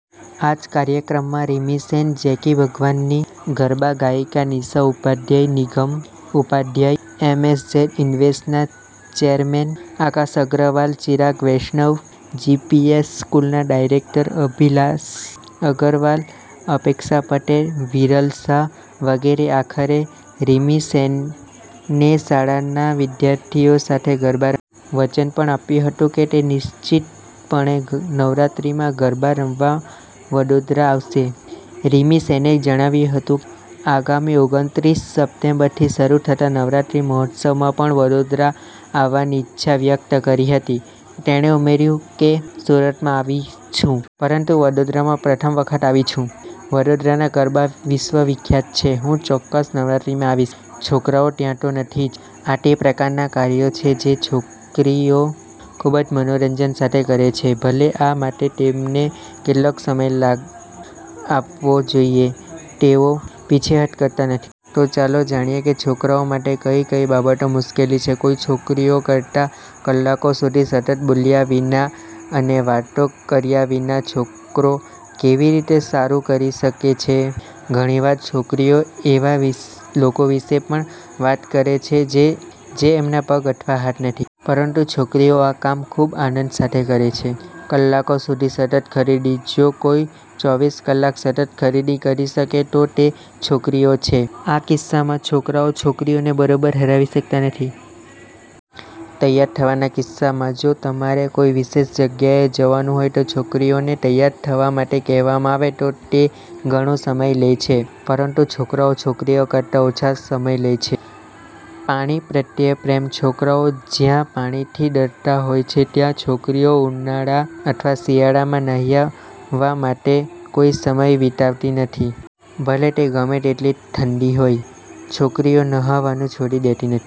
આ જ કાર્યક્રમમાં રિમિ સેન, જેકી ભાગનાની, ગરબા ગાયિકા Nisha Upadhyay Nigam Upadhyay, A. M. Z ઇવેન્ટના ચેરમેન આકાશ અગ્રવાલ, ચિરાગ વૈષ્ણવ, જીપીએસ સ્કૂલના ડાયરેક્ટર અભિલાષ અગ્રવાલ, અપેક્ષા પટેલ, વિરલ શાહ, વગેરે. આખરે રિમિ સેને શાળાના વિદ્યાર્થીઓ સાથે ગરબા રમ. વચન પણ આપ્યું હતું કે તે નિશ્ચિતપણે નવરાત્રીમાં ગરબા રમવા વડોદરા આવશે. રિમી સેને જણાવ્યું હતું, આગામી ઓગણત્રીસ સપ્ટેમ્બરથી શરૂ થતા નવરાત્રિ મહોત્સવમાં પણ વડોદરા આવવાની ઇચ્છા વ્યક્ત કરી હતી. તેણે ઉમેર્યું કે, સુરતમાં આવી છું. પરંતુ વડોદરામાં પ્રથમ વખત આવી છું. વડોદરાના ગરબા વિશ્વ વિખ્યાત છે. હું ચોક્કસ નવરાત્રિમાં આવીશ. છોકરાઓ ત્યાં તો નથી જ. આ તે પ્રકારનાં કાર્યો છે જે છોકરીઓ ખૂબ જ મનોરંજન સાથે કરે છે, ભલે આ માટે તેમને કેટલો સમય લાગ આપવો જોઇએ, તેઓ પીછેહઠ કરતા નથી. તો ચાલો જાણીએ છોકરાઓ માટે કઈ કઈ બાબતો મુશ્કેલી છે. કોઈ છોકરીઓ કરતાં કલાકો સુધી સતત બોલ્યા વિના અને વાતો કર્યા વિના, છોકરો કેવી રીતે સારું કરી શકે છે. ઘણી વાર છોકરીઓ એવા વીસ લોકો વિશે પણ વાત કરે છે જેમના પગ અથવા હાથ નથી. પરંતુ છોકરીઓ આ કામ ખૂબ આનંદ સાથે કરે છે. કલાકો સુધી સતત ખરીદી: જો કોઈ ચોવીસ કલાક સતત ખરીદી કરી શકે છે, તો તે છોકરીઓ છે. આ કિસ્સામાં, છોકરાઓ છોકરીઓને બરાબર હરાવી શકતા નથી. તૈયાર થવાના કિસ્સામાં: જો તમારે કોઈ વિશેષ જગ્યાએ જવાનુ હોય તો છોકરીઓને તૈયાર થવા માટે કહેવામાં આવે, તો તે ઘણો સમય લે છે. પરંતુ છોકરાઓ છોકરીઓ કરતા ઓછા સમય લે છે. પાણી પ્રત્યે પ્રેમ: છોકરાઓ જ્યાં પાણીથી ડરતા હોય છે, ત્યાં છોકરીઓ ઉનાળા અથવા શિયાળામાં ન્હાયા માટે કોઈ સમય વિતાતી નથી. ભલે તે ગમે તેટલી ઠંડી હોય, છોકરીઓ નહાવાનું છોડી દેતી નથ.